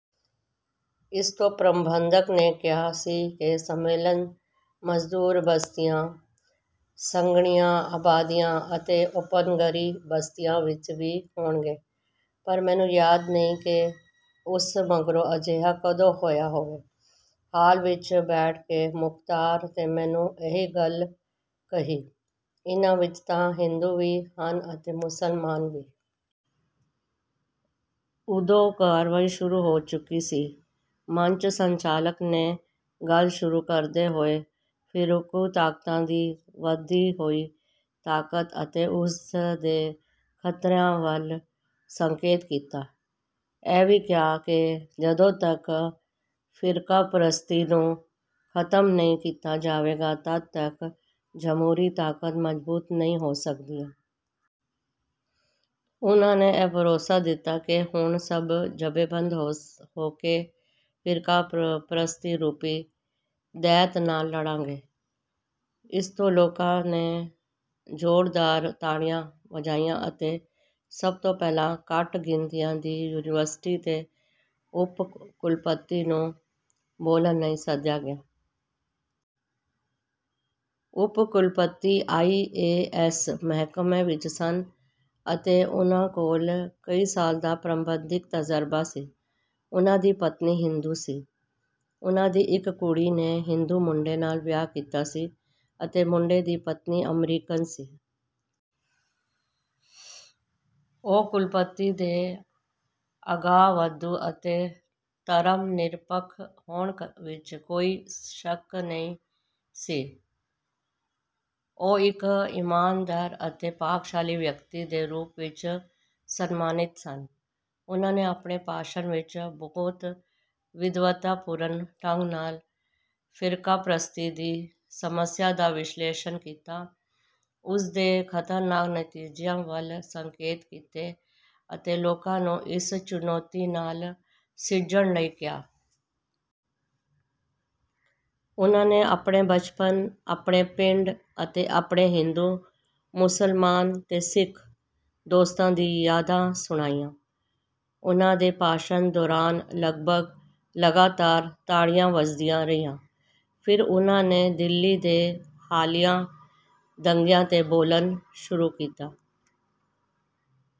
ਇਸ 'ਤੇ ਪ੍ਰਬੰਧਕ ਨੇ ਕਿਹਾ ਸੀ ਕਿ ਸੰਮੇਲਨ ਮਜ਼ਦੂਰ ਬਸਤੀਆਂ, ਸੰਘਣੀਆਂ ਆਬਾਦੀਆਂ ਅਤੇ ਉਪਨਗਰੀ ਬਸਤੀਆਂ ਵਿੱਚ ਵੀ ਹੋਣਗੇ, ਪਰ ਮੈਨੂੰ ਯਾਦ ਨਹੀਂ ਕਿ ਉਸ ਮਗਰੋਂ ਅਜਿਹਾ ਕਦੇ ਹੋਇਆ ਹੋਵੇ। ਹਾਲ ਵਿੱਚ ਬੈਠ ਕੇ ਮੁਖ਼ਤਾਰ ਨੇ ਮੈਨੂੰ ਇਹੋ ਗੱਲ ਕਹੀ, "ਇਹਨਾਂ ਵਿੱਚ ਤਾਂ ਹਿੰਦੂ ਵੀ ਹਨ ਅਤੇ ਮੁਸਲਮਾਨ ਵੀ।" ਉਦੋਂ ਕਾਰਵਾਈ ਸ਼ੁਰੂ ਹੋ ਚੁੱਕੀ ਸੀ। ਮੰਚ ਸੰਚਾਲਕ ਨੇ ਗੱਲ ਸ਼ੁਰੂ ਕਰਦੇ ਹੋਏ ਫ਼ਿਰਕੂ ਤਾਕਤਾਂ ਦੀ ਵਧਦੀ ਹੋਈ ਤਾਕਤ ਅਤੇ ਉਸ ਦੇ ਖ਼ਤਰਿਆਂ ਵੱਲ ਸੰਕੇਤ ਕੀਤਾ। ਇਹ ਵੀ ਕਿਹਾ ਕਿ ਜਦੋਂ ਤੱਕ ਫ਼ਿਰਕਾਪ੍ਰਸਤੀ ਨੂੰ ਖ਼ਤਮ ਨਹੀਂ ਕੀਤਾ ਜਾਵੇਗਾ, ਤਦ ਤੱਕ ਜਮਹੂਰੀ ਤਾਕਤਾਂ ਮਜ਼ਬੂਤ ਨਹੀਂ ਹੋ ਸਕਦੀਆਂ। ਉਹਨਾਂ ਨੇ ਇਹ ਭਰੋਸਾ ਦਿੱਤਾ ਕਿ ਹੁਣ ਸਭ ਜਥੇਬੰਦ ਹੋ ਕੇ ਫ਼ਿਰਕਾਪ੍ਰਸਤੀ ਰੂਪੀ ਦੈਤ ਨਾਲ਼ ਲੜਾਂਗੇ। ਇਸ 'ਤੇ ਲੋਕਾਂ ਨੇ ਜ਼ੋਰਦਾਰ ਤਾੜੀਆਂ ਵਜਾਈਆਂ ਅਤੇ ਸਭ ਤੋਂ ਪਹਿਲਾਂ ਘੱਟ ਗਿਣਤੀਆਂ ਦੀ ਯੂਨੀਵਰਸਿਟੀ ਦੇ ਉੱਪ-ਕੁਲਪਤੀ ਨੂੰ ਬੋਲਣ ਲਈ ਸੱਦਿਆ ਗਿਆ। ਉੱਪ-ਕੁਲਪਤੀ ਆਈ. ਏ. ਐੱਸ. ਮਹਿਕਮੇ ਵਿੱਚ ਸਨ ਅਤੇ ਉਹਨਾਂ ਕੋਲ ਕਈ ਸਾਲਾਂ ਦਾ ਪ੍ਰਬੰਧਕੀ ਤਜ਼ਰਬਾ ਸੀ। ਉਹਨਾਂ ਦੀ ਪਤਨੀ ਹਿੰਦੂ ਸੀ, ਉਹਨਾਂ ਦੀ ਇੱਕ ਕੁੜੀ ਨੇ ਹਿੰਦੂ ਮੁੰਡੇ ਨਾਲ਼ ਵਿਆਹ ਕੀਤਾ ਸੀ ਅਤੇ ਮੁੰਡੇ ਦੀ ਪਤਨੀ ਅਮਰੀਕਨ ਸੀ। ਉੱਪ-ਕੁਲਪਤੀ ਦੇ ਅਗਾਂਹਵਧੂ ਅਤੇ ਧਰਮ-ਨਿਰਪੱਖ ਹੋਣ ਵਿੱਚ ਕੋਈ ਸ਼ੱਕ ਨਹੀਂ ਸੀ। ਉਹ ਇੱਕ ਇਮਾਨਦਾਰ ਅਤੇ ਭਾਗਸ਼ਾਲੀ ਵਿਅਕਤੀ ਦੇ ਰੂਪ ਵਿੱਚ ਸਨਮਾਨਿਤ ਸਨ। ਉਹਨਾਂ ਨੇ ਆਪਣੇ ਭਾਸ਼ਣ ਵਿੱਚ ਬਹੁਤ ਵਿਦਵਤਾਪੂਰਨ ਢੰਗ ਨਾਲ਼ ਫ਼ਿਰਕਾਪ੍ਰਸਤੀ ਦੀ ਸਮੱਸਿਆ ਦਾ ਵਿਸ਼ਲੇਸ਼ਣ ਕੀਤਾ, ਉਸ ਦੇ ਖ਼ਤਰਨਾਕ ਨਤੀਜਿਆਂ ਵੱਲ ਸੰਕੇਤ ਕੀਤੇ ਅਤੇ ਲੋਕਾਂ ਨੂੰ ਇਸ ਚੁਣੌਤੀ ਨਾਲ਼ ਸਿੱਝਣ ਲਈ ਕਿਹਾ। ਉਹਨਾਂ ਨੇ ਆਪਣੇ ਬਚਪਨ, ਆਪਣੇ ਪਿੰਡ ਅਤੇ ਆਪਣੇ ਹਿੰਦੂ, ਮੁਸਲਮਾਨ ਤੇ ਸਿੱਖ ਦੋਸਤਾਂ ਦੀਆਂ ਯਾਦਾਂ ਸੁਣਾਈਆਂ। ਉਹਨਾਂ ਦੇ ਭਾਸ਼ਣ ਦੌਰਾਨ ਲਗਭਗ ਲਗਾਤਾਰ ਤਾੜੀਆਂ ਵੱਜਦੀਆਂ ਰਹੀਆਂ। ਫ਼ਿਰ ਉਹਨਾਂ ਨੇ ਦਿੱਲੀ ਦੇ ਹਾਲੀਆ ਦੰਗਿਆਂ 'ਤੇ ਬੋਲਣਾ ਸ਼ੁਰੂ ਕੀਤਾ।